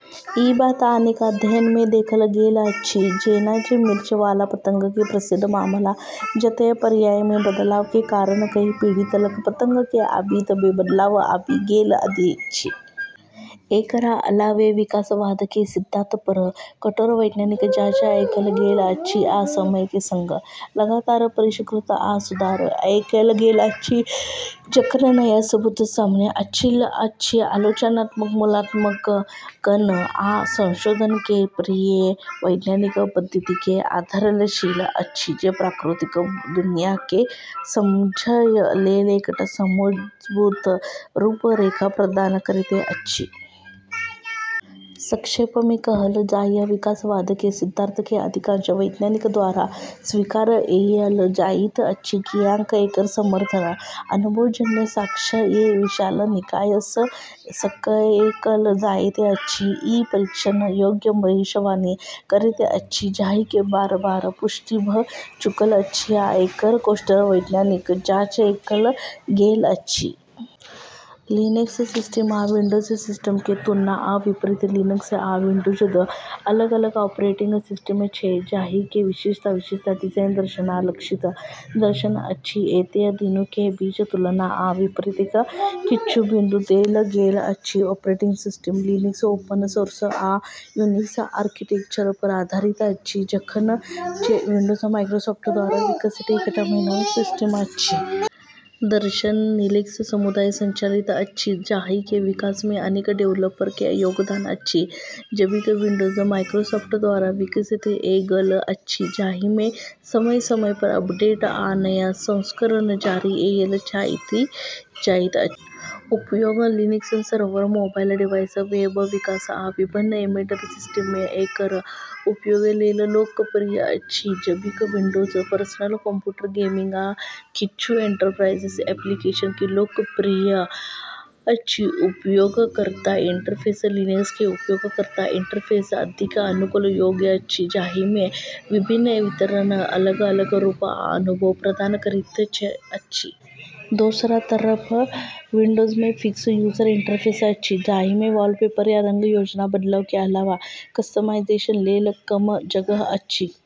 ई बात अनेक अध्ययन मे देखल गेल अछि, जेना जे मिर्च वाला पतंग के प्रसिद्ध मामला, जतय पर्यावरण मे बदलाव के कारण कई पीढ़ी तलक पतंग के आबादी मे बदलाव आबि गेल अछि। एकरा अलावे विकासवाद के सिद्धांत पर कठोर वैज्ञानिक जांच कएल गेल अछि आ समय के संग लगातार परिष्कृत आ सुधार कएल गेल अछि, जखन नया सबूत सामने आएल अछि। आलोचनात्मक मूल्यांकन आ संशोधन के ई प्रक्रिया वैज्ञानिक पद्धति के आधारशिला अछि, जे प्राकृतिक दुनिया के समझय लेल एकटा मजबूत रूपरेखा प्रदान करैत अछि। संक्षेप मे कहल जाय त' विकासवाद के सिद्धांत के अधिकांश वैज्ञानिक द्वारा स्वीकार कएल जाएत अछि, कियाकि एकर समर्थन अनुभवजन्य साक्ष्य के विशाल निकाय सँ कएल जाएत अछि, ई परीक्षण योग्य भविष्यवाणी करैत अछि जाहि के बार-बार पुष्टि भ चुकल अछि आ एकर कठोर वैज्ञानिक जांच कएल गेल अछि। लिनक्स सिस्टम आ विंडोज सिस्टम के तुलना आ विपरीत: लिनक्स आ विंडोज दू अलग-अलग ऑपरेटिंग सिस्टम छै जाहि के विशिष्ट विशेषता, डिजाइन दर्शन, आ लक्षित दर्शक अछि। एतय, दुनू के बीच तुलना आ विपरीत के किछु बिंदु देल गेल अछि: operating system: Linux open source आ यूनिक्स आर्किटेक्चर पर आधारित अछि, जखन जे विंडोज माइक्रोसॉफ्ट द्वारा विकसित एकटा मालिकाना ऑपरेटिंग सिस्टम अछि। दर्शन: लिनक्स समुदाय संचालित अछि, जाहि के विकास मे अनेक डेवलपर के योगदान अछि, जबकि विंडोज माइक्रोसॉफ्ट द्वारा विकसित कएल गेल अछि, जाहि मे समय-समय पर अपडेट आ नया संस्करण जारी कएल जाएत अछि। उपयोग: Linux server, mobile device, web विकास, आ विभिन्न एम्बेड सिस्टम मे एकर उपयोग लेल लोकप्रिय अछि, जबकि विंडोज पर्सनल कंप्यूटर, गेमिंग, आ किछु एंटरप्राइज एप्लीकेशन मे लोकप्रिय अछि। उपयोगकर्ता इंटरफेस: लिनक्स के उपयोगकर्ता इंटरफेस अत्यधिक अनुकूलन योग्य अछि, जाहि मे विभिन्न वितरण अलग-अलग रूप आ अनुभव प्रदान करैत अछि। दोसर तरफ विंडोज मे फिक्स यूजर इंटरफेस अछि, जाहि मे वॉलपेपर या रंग योजना बदलय के अलावे कस्टमाइजेशन लेल कम जगह अछि।